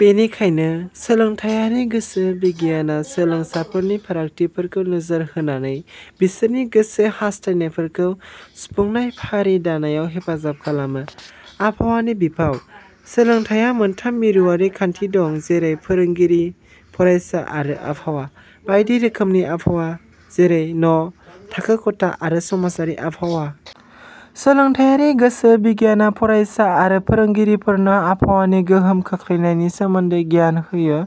बेनिखायनो सोलोंथाइयारि गोसो बिगियाना सोलों साफोरनि फारागथिफोरखौ नोजोर होनानै बिसोरनि गोसो हासथायनायफोरखौ सुफुंनायनि फारि दानायाव हेफाजाब खालामो। आबहावानि बिफाव: सोलोंथाइया मोनथाम मिरुयारि खान्थि दं। जैरै- फोरोंगिरि, फरायसा आरो आबहावा। बायदि रोखोमनि आबहावा जैरै- न', थाखो खथा आरो समाजारि आबहावा। सोलोंथाइयारि गोसो बिगियाना फरायसा आरो फोरोंगिरिफोरनो आबहावानि गोहोम खोख्लैनायनि सोमोन्दै गियान होयो।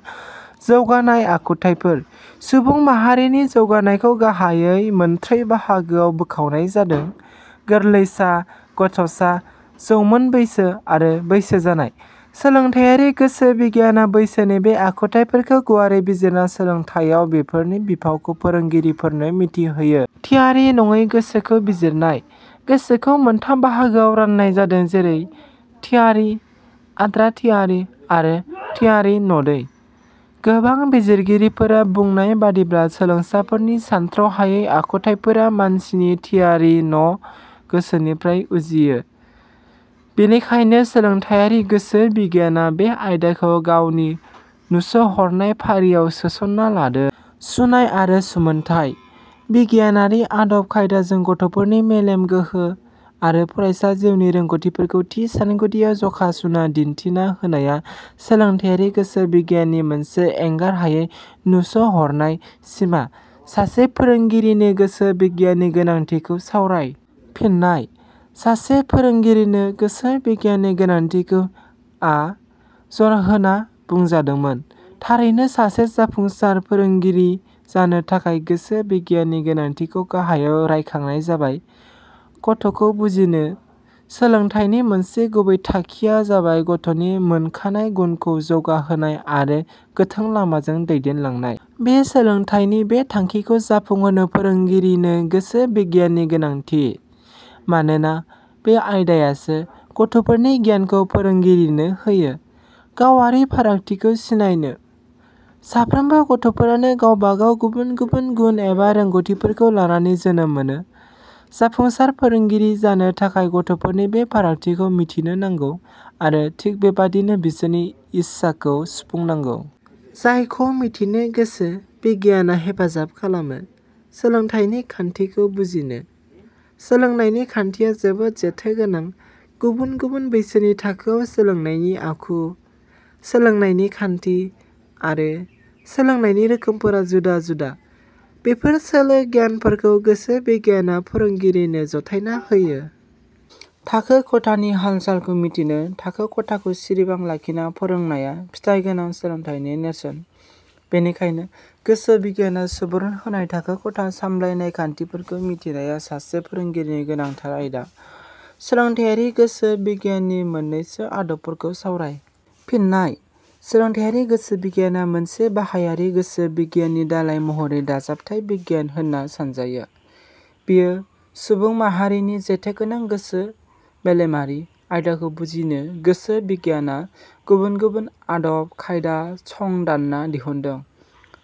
जौगानाय आखुथाइफोर: सुबुं माहारिनि जौगानायखौ गाहाइयै मोनत्रै बाहागोआव बोखावनाय जादों- गोरलैसा, गथ'सा, जौमोन बैसो आरो बैसो जानाय। सोलोंथाइयारि गोसो बिगियाना बैसोनि बे आखुथाइफोरखौ गुवारै बिजिरना सोलोंथाइयाव बेफोरनि बिफावखौ फोरोंगिरिफोरनो मिथि होयो। थियारि नङै गोसोखौ बिजिरनाय: गोसोखौ मोनथाम बाहागोआव रान्नाय जादों। जेरै थियारि, आद्रा थियारि आरो थियारि नडै। गोबां बिजिरगिरिफोरा बुंनाय बादिब्ला सोलोंसाफोरनि सानथ्रहायै आखुथाइफोरा मानसिनि थियारि न गोसोनिफ्राय उजियो। बेनिखायनो सोलोंथाइयारि गोसो बिगियाना बे आयदाखौ गावनि नुस'हरनाय फारियाव सोसना लादों। सुनाय आरो सुमोनथाइ: बिगियानारि आदब खायदाजों गथ 'फोरनि मेलेम गोहो आरो फरायसा जिउनि रोंगौथिफोरखौ थि सानगुदियाव जखा सुना दिन्थिना होनाया सोलोंथाइयारि गोसो बिगियाननि मोनसे एंगार हायै नुस 'हरनाय सिमा। सासे फोरोंगिरिनो गोसो बिगियाननि गोनांथिखौ सावराय। फिननाय: सासे फोरोंगिरिनो गोसो बिगियाननि गोनांथिखौ आ जरहोना बुंजादोंमोन। थारैनो सासे जाफुंसार फोरोंगिरि जानो थाखाय गोसो बिगियाननि गोनांथिखौ गाहायाव रायखांनाय जाबाय। गथ 'खौ बुजिनो: सोलोंथाइनि मोनसे गुबै थाखिया जाबाय गथ'नि मोनखानाय गुनखौ जौगाहोनाय आरो गोथों लामाजों दैदेनलांनाय। बे सोलोंथाइनि बे थांखिखौ जाफुंहोनो फोरोंगिरिनो गोसो बिगियाननि गोनांथि। मानोना बे आयदायासो गथ'फोरनि गियानखौ फोरोंगिरिनो होयो। गावारि फारागथिखौ सिनायनो: साफ्रोमबो गथ'फोरानो गावबा गाव गुबुन गुबुन गुन एबा रोंगौथिफोरखौ लानानै जोनोम मोनो। जाफुंसार फोरोंगिरि जानो गथ'फोरनि बे फारागथिखौ मिथिनो नांगौ आरो थिग बेबादिनो बिसोरनि इससाखौ सुफुंनांगौ। जायखौ मिथिनो गोसो बिगियाना हेफाजाब खालामो। सोलोंथाइनि खान्थिखौ बुजिनो: सोलोंनायनि खान्थिया जोबोद जेथो गोनां। गबुन गुबुन बैसोनि थाखोआव सोलोंनायनि आखु, सोलोंनायनि खान्थि आरो सोलोंनायनि रोखोमफोरा जुदा-जुदा। बेफोर सोलो गियानफोरखौ गोसो बिगियाना फोरोंगिरिनो जथायना होयो। थाखो खथानि हाल-सालखौ मिथिनो: थाखो खथाखौ सिरिबाङ लाखिना फोरोंनाया फिथाइगोनां सोलोंथाइनि नेरसोन। बेनिखायनो गोसो बिगियाना सुबुरुन होनाय थाखो खथा सामब्लायनायनि खान्थिफोरखौ मिथिनाया सासे फोरोंगिरिनि गोनांथार आयदा। सोलोंथाइयारि गोसो बिगियाननि मोननैसो आदबफोरखौ सावराय। फिननाय: सोलोंथायारि गोसो बिगियाना मोनसे बाहायारि गोसो बिगियाननि दालाइ महरै दाजाबथाइ बिगियान होनना सानजायो। बेयो सुबुंमाहारिनि जेथोगोनां गोसो-मेलेमारि आयदाखौ बुजिनो गोसो बिगियाना गुबुन गुबुन आदब खायदा संदान्ना दिहुनदों।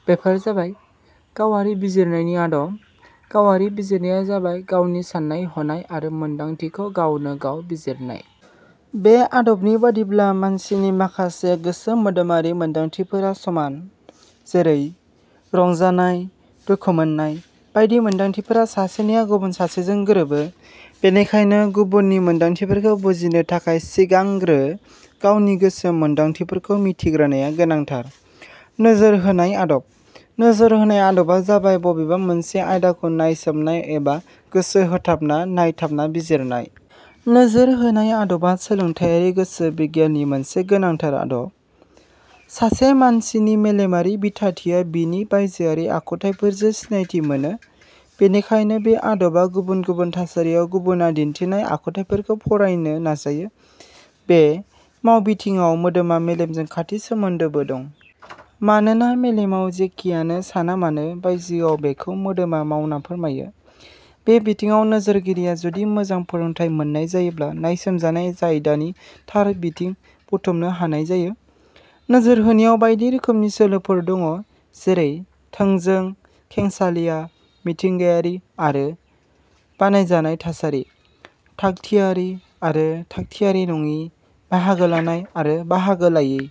बेफोर जाबाय-. गावारि बिजिरनायनि आदब: गावारि बिजिरनाया जाबाय-गावनि सान्नाय-हनाय आरो मोनदांथिखौ गावनो गाव बिजिरनाय। बे आदबनि बादिब्ला मानसिनि माखासे गोसो-मोदोमारि मोनदांथिफोरा समान। जेरै- रंजानाय, दुखुमोन्नाय बायदि मोनदांथिफोरा सासेनिया गुबुन सासेजों गोरोबो बेनिखायनो गुबुननि मोनदांथिफोरखौ बुजिनो थाखाय सिगांग्रो गावनि गोसो-मोनदांथिफोरखौ मिथिग्रोनाया गोनांथार।.नोजोर होनाय आदब: नोजोर होनाय आदबा जाबाय बबेबा मोनसे आयदाखौ नायसोमनाय एबा गोसो होथाबना नायथाबना बिजिरनाय। नोजोर होनाय आदबा सोलोंथाइयारि गोसो बिगियाननि मोनसे गोनांथार आदब। सासे मानसिनि मेलेमारि बिथाथिया बिनि बायजोआरि आखुथाइफोरजो सिनायथि मोनो। बेनिखायनो बे आदबा गुबुन गुबुन थासारियाव गुबुना दिन्थिनाय आखुथाइफोरखौ फरायनो नाजायो। बे मावबिथिङाव मोदोमा मेलेमजों खाथि सोमोन्दोबो दं। मानोना मेलेमाव जेखियानो सानामानो बायजोआव बेखौ मोदोमा मावना फोरमायो। बे बिथिङाव नोजोरगिरिया जुदि मोजां फोरोंथाइ मोन्नाय जायोब्ला नायसोमजानाय जायदानि थार बिथिं बुथुमनो हानाय जायो। नोजोर होनायाव बायदि रोखोमनि सोलोफोर दङ'। जेरै- थोंजों, खेंसालिया, मिथिंगायारि आरो बानायजानाय थासारि, थाग- थियारि आरो थाग-थियारि नङि, बाहागो लानाय आरो बाहागो लायि।